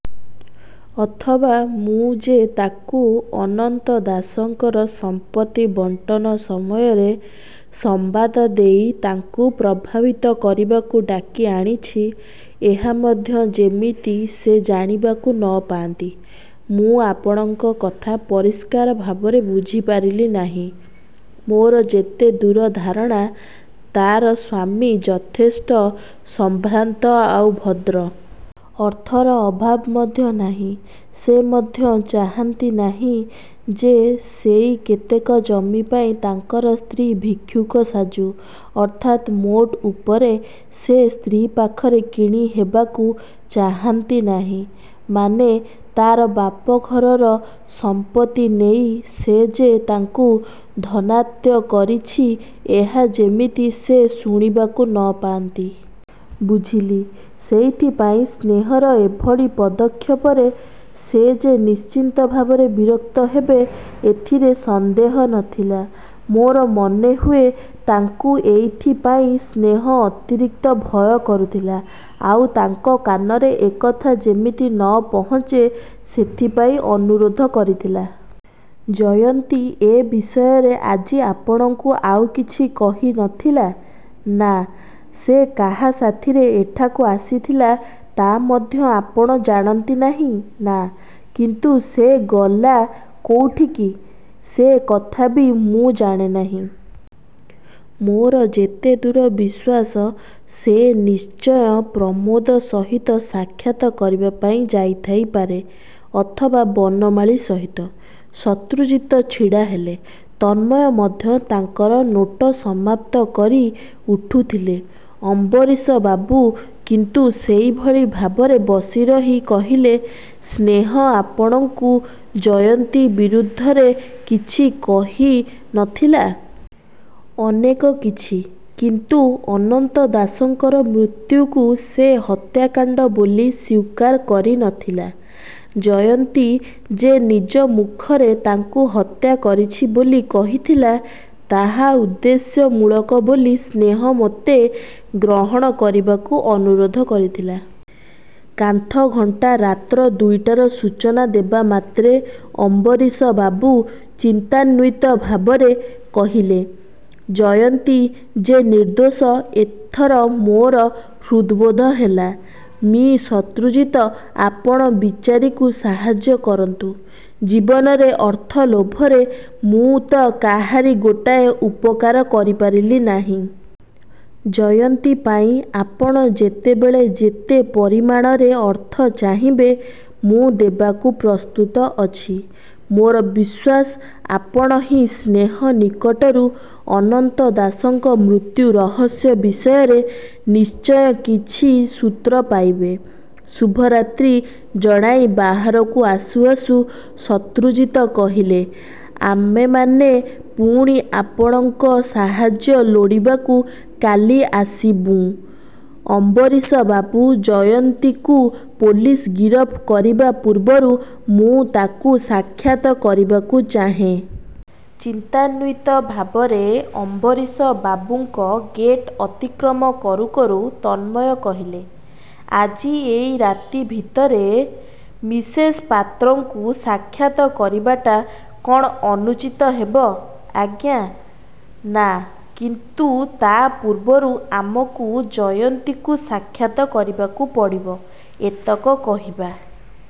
ଅଥବା ମୁଁ ଯେ ତାକୁ ଅନନ୍ତ ଦାସଙ୍କର ସମ୍ପତ୍ତି ବଣ୍ଟନ ସମୟରେ ସମ୍ବାଦ ଦେଇ ତାଙ୍କୁ ପ୍ରଭାବିତ କରିବାକୁ ଡାକି ଆଣିଛି ଏହା ମଧ୍ୟ ଯେମିତି ସେ ଜାଣିବାକୁ ନ ପାଆନ୍ତି। ' 'ମୁଁ ଆପଣଙ୍କ କଥା ପରିଷ୍କାର ଭାବରେ ବୁଝିପାରିଲି ନାହିଁ। ' 'ମୋର ଯେତେ ଦୂର ଧାରଣା, ତା'ର ସ୍ୱାମୀ ଯଥେଷ୍ଟ ସମ୍ଭ୍ରାନ୍ତ ଆଉ ଭଦ୍ର। ଅର୍ଥର ଅଭାବ ମଧ୍ୟ ନାହିଁ। ସେ ମଧ୍ୟ ଚାହାନ୍ତି ନାହିଁ ଯେ ସେଇ କେତେକ ଜମି ପାଇଁ ତାଙ୍କର ସ୍ତ୍ରୀ ଭିକ୍ଷୁକ ସାଜୁ। ' 'ଅର୍ଥାତ? ' 'ମୋଟ ଉପରେ ସେ ସ୍ତ୍ରୀ ପାଖରେ କିଣିହେବାକୁ ଚାହାନ୍ତି ନାହିଁ। ମାନେ, ତା'ର ବାପଘରର ସମ୍ପତ୍ତି ନେଇ ସେ ଯେ ତାଙ୍କୁ ଧନାତ୍ୟ କରିଛି ଏହା ଯେମିତି ସେ ଶୁଣିବାକୁ ନ ପାଆନ୍ତି-। ' 'ବୁଝିଲି। ' 'ସେଇଥିପାଇଁ ସ୍ନେହର ଏଭଳି ପଦକ୍ଷେପରେ ସେ ଯେ ନିଶ୍ଚିତ ଭାବରେ ବିରକ୍ତ ହେବେ ଏଥିରେ ସନ୍ଦେହ ନ ଥିଲା। ମୋର ମନେହୁଏ, ତାଙ୍କୁ ଏଇଥିପାଇଁ ସ୍ନେହ ଅତିରିକ୍ତ ଭୟ କରୁଥିଲା। ଆଉ ତାଙ୍କ କାନରେ ଏକଥା ଯେମିତି ନ ପହଞ୍ଚେ ସେଥିପାଇଁ ଅନୁରୋଧ କରିଥିଲା। ' 'ଜୟନ୍ତୀ ଏ ବିଷୟରେ ଆଜି ଆପଣଙ୍କୁ ଆଉ କିଛି କହି ନ ଥିଲା? ' 'ନା। ' 'ସେ କାହା ସାଥିରେ ଏଠାକୁ ଆସିଥିଲା ତା ମଧ୍ୟ ଆପଣ ଜାଣନ୍ତି ନାହିଁ? ' 'ନା। ' 'କିନ୍ତୁ ସେ ଗଲା କୋଉଠିକି? ' 'ସେ କଥା ବି ମୁଁ ଜାଣେ ନାହିଁ। ମୋର ଯେତେ ଦୂର ବିଶ୍ୱାସ, ସେ ନିଶ୍ଚୟ ପ୍ରମୋଦ ସହିତ ସାକ୍ଷାତ କରିବାପାଇଁ ଯାଇଥାଇପାରେ, ଅଥବା ବନମାଳୀ ସହିତ। ' ଶତ୍ରୁଜିତ ଛିଡ଼ା ହେଲେ। ତନ୍ମୟ ମଧ୍ୟ ତାଙ୍କର ନୋଟ ସମାପ୍ତ କରି ଉଠୁଥିଲେ। ଅମ୍ବରୀଶବାବୁ କିନ୍ତୁ ସେଇଭଳି ଭାବରେ ବସି ରହି କହିଲେ, 'ସ୍ନେହ ଆପଣଙ୍କୁ ଜୟନ୍ତୀ ବିରୁଦ୍ଧରେ କିଛି କହି ନ ଥିଲା? ' 'ଅନେକ କିଛି। କିନ୍ତୁ ଅନନ୍ତ ଦାସଙ୍କର ମୃତ୍ୟୁକୁ ସେ ହତ୍ୟାକାଣ୍ଡ ବୋଲି ସ୍ୱୀକାର କରି ନ ଥିଲା। ଜୟନ୍ତୀ ଯେ ନିଜ ମୁଖରେ ତାଙ୍କୁ ହତ୍ୟା କରିଛି ବୋଲି କହିଥିଲା, ତାହା ଉଦ୍ଦେଶ୍ୟ ମୂଳକ ବୋଲି ସ୍ନେହ ମୋତେ ଗ୍ରହଣ କରିବାକୁ ଅନୁରୋଧ କରିଥିଲା। ' କାନ୍ଥ ଘଣ୍ଟା ରାତ୍ର ଦୁଇଟାର ସୂଚନା ଦେବା ମାତ୍ରେ ଅମ୍ବରୀଶବାବୁ ଚିନ୍ତାନ୍ୱିତଭାବରେ କହିଲେ, ଜୟନ୍ତୀ ଯେ ନିର୍ଦ୍ଦୋଷ, ଏଥର ମୋର ହୃଦ୍ବୋଧ ହେଲା, ମି: ଶତ୍ରୁଜିତ! ଆପଣ ବିଚାରୀକୁ ସାହାଯ୍ୟ କରନ୍ତୁ। ଜୀବନରେ ଅର୍ଥଲୋଭରେ ମୁଁ ତ କାହାରି ଗୋଟାଏ ଉପକାର କରିପାରିଲି ନାହିଁ। ଜୟନ୍ତୀ ପାଇଁ ଆପଣ ଯେତେବେଳେ ଯେତେ ପରିମାଣରେ ଅର୍ଥ ଚାହିଁବେ ମୁଁ ଦେବାକୁ ପ୍ରସ୍ତୁତ ଅଛି। ମୋର ବିଶ୍ୱାସ, ଆପଣହିଁ ସ୍ନେହ ନିକଟରୁ ଅନନ୍ତ ଦାସଙ୍କ ମୃତ୍ୟୁ ରହସ୍ୟ ବିଷୟରେ ନିଶ୍ଚୟ କିଛି ସୂତ୍ର ପାଇବେ। ' ଶୁଭରାତ୍ରି ଜଣାଇ ବାହାରକୁ ଆସୁ ଆସୁ ଶତ୍ରୁଜିତ କହିଲେ, 'ଆମେମାନେ ପୁଣି ଆପଣଙ୍କ ସାହାଯ୍ୟ ଲୋଡ଼ିବାକୁ କାଲି ଆସିବୁଁ ଅମ୍ବରୀଶବାବୁ, ଜୟନ୍ତୀକୁ ପୋଲିସ ଗିରଫ କରିବା ପୂର୍ବରୁ ମୁଁ ତାକୁ ସାକ୍ଷାତ୍ କରିବାକୁ ଚାହେଁ। ' ଚିନ୍ତାନ୍ୱିତ ଭାବରେ ଅମ୍ବରୀଶବାବୁଙ୍କ ଗେଟ୍ଅତିକ୍ରମ କରୁକରୁ ତନ୍ମୟ କହିଲେ, 'ଆଜି ଏଇ ରାତି ଭିତରେ ମିସେସ୍ ପାତ୍ରଙ୍କୁ ସାକ୍ଷାତ କରିବାଟା କ'ଣ ଅନୁଚିତ ହେବ, ଆଜ୍ଞା? ' 'ନା। କିନ୍ତୁ ତା' ପୂର୍ବରୁ ଆମକୁ ଜୟନ୍ତୀକୁ ସାକ୍ଷାତ କରିବାକୁ ପଡ଼ିବ। ' ଏତକ କହିବା